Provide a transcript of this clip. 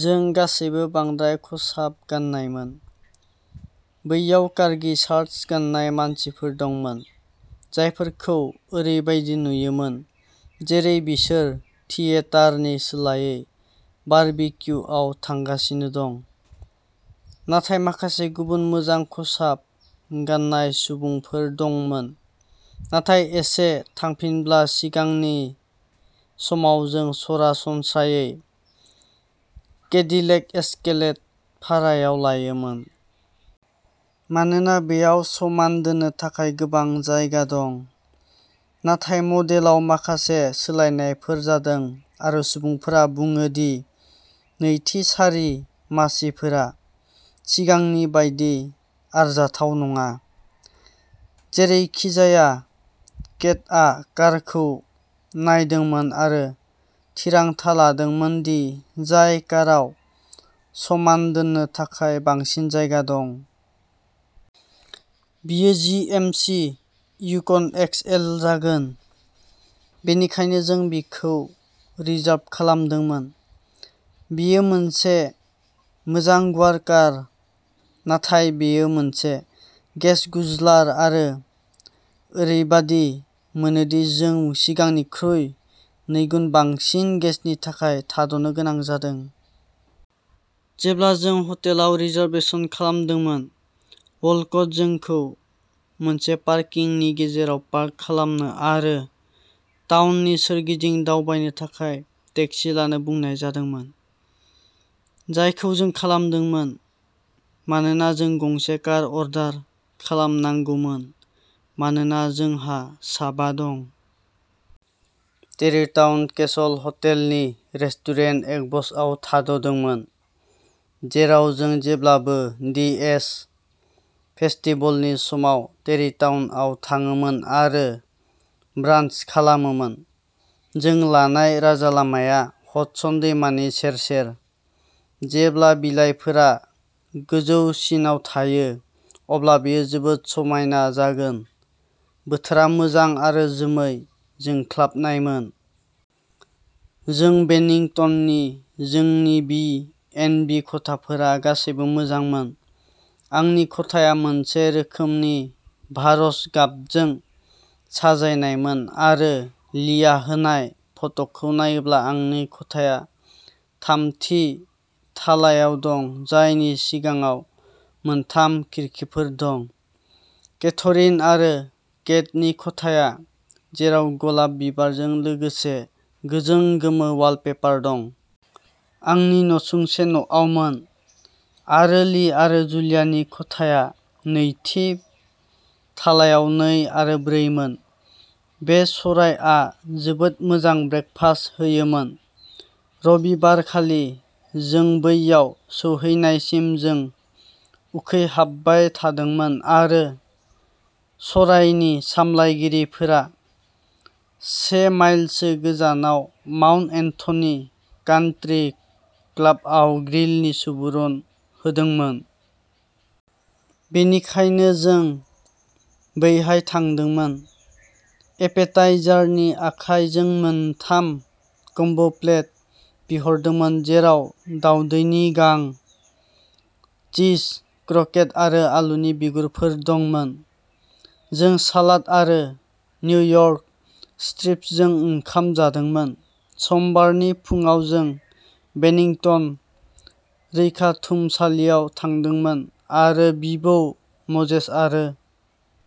जों गासैबो बांद्राय खसाब गाननायमोन। बैयाव कारगि शारटस गाननाय मानसिफोर दंमोन। जायफोरखौ ओरैबायदि नुयोमोन जेरै बिसोर थियेटारनि सोलायै बारबिक्युआव थांगासिनो दं। नाथाय माखासे गुबुन मोजां खसाब गाननाय सुबुंफोर दंमोन। नाथाय एसे थांफिनब्ला सिगांनि समाव जों सरासनस्रायै केडिलेक एस्केलेड भारायाव लायोमोन। मानोना बेयाव समान दोननो थाखाय गोबां जायगा दं। नाथाय मडेलाव माखासे सोलायनायफोर जादों आरो सुबुंफोरा बुङो दि नैथि सारि मासिफोरा सिगांनि बायदि आरजाथाव नङा। जेरैखिजाया केटआ कारफोरखौ नायदोंमोन आरो थिरांथा लादोंमोन दि जाय काराव समान दोननो थाखाय बांसिन जायगा दं। बियो जि. एम. सि. युकन एक्स. एल. जागोन। बेनिखायनो जों बेखौ रिजार्भ खालामदोंमोन। बेयो मोनसे मोजां गुवार कार नाथाय बेयो मोनसे गेस गुज्लार आरो ओरैबादि मोनोदि जों सिगांनिख्रुइ नैगुन बांसिन गेसनि थाखाय थाद'नो गोनां जादों। जेब्ला जों हटेलाव रिजारभेसन खालामदोंमोन। वलकट जोंखौ मोनसे पारकिंनि गेरेजाव पार्क खालामनो आरो टाउननि सोरगिदिं दावबायनो थाखाय टेक्सि लानो बुंनाय जादोंमोन। जायखौ जों खालामदोंमोन। मानोना जों गंसे कार अर्डार खालामनांगौमोन मानोना जोंहा सा बा दं। टेरिटाउन केसल हटेलनि रेस्टुरेन्ट एक्वसआव थाद'दोंमोन। जेराव जों जेब्लाबो डीएस फेस्टिवलनि समाव टेरिटाउनआव थाङोमोनआरो ब्रान्स खालामोमोन। जों लानाय राजालामाया हडसन दैमानि सेर सेर। जेब्ला बिलाइफोरा गोजौसिनाव थायो अब्ला बेयो जोबोद समायना जागोन। बोथोरा मोजां आरो जोमै जोंख्लाबनायमोन। जों बेनिंटननि जोंनि बी. एन्ड. बी. खथाफोरा गासैबो मोजांमोन। आंनि खथाया मोनसे रोखोमनि फारज गाबजों साजायजानायमोन आरो लीया होनाय फट'खौ नायोब्ला आंनि खथाया थामथि थालायाव दं जायनि सिगाङाव मोनथाम खिरखिफोर दं। केथरिन आरो केटनि खथाया, जेराव गलाब बिबारजों लोगोसे गोजों गोमो वालपेपर दं। आंनि नसुंसे न'आवमोन आरो ली आरो जुलियानि खथाया नैथि थालायाव नै आरो ब्रै मोन। बे सरायआ जोबोद मोजां ब्रेकफास्ट होयोमोन। रबिबारखालि जों बैयाव सौहैनायसिम जों उखैहाबबाय थादोंमोन आरो सरायनि सामलायगिरिफोरा से माइलसो गोजानाव माउन्ट एन्थनी कान्ट्री क्लाबआव ग्रिलनि सुबुरुन होदोंमोन। बेनिखायनो जों बैहाय थांदोंमोन। एपेटाइजारनि थाखाय जों मोन थाम कम्बो प्लेट बिहरदोंमोन जेराव दावदैनि गां, चीज, क्रकेट आरो आलुनि बिगुरफोर दंमोन। जों सालाद आरो निउयर्क स्ट्रिप्सजों ओंखाम जादोंमोन। समबारनि फुंआव जों बेनिंटन रैखाथुमसालियाव थांदोंमोन आरो बिबौ मोजेस आरो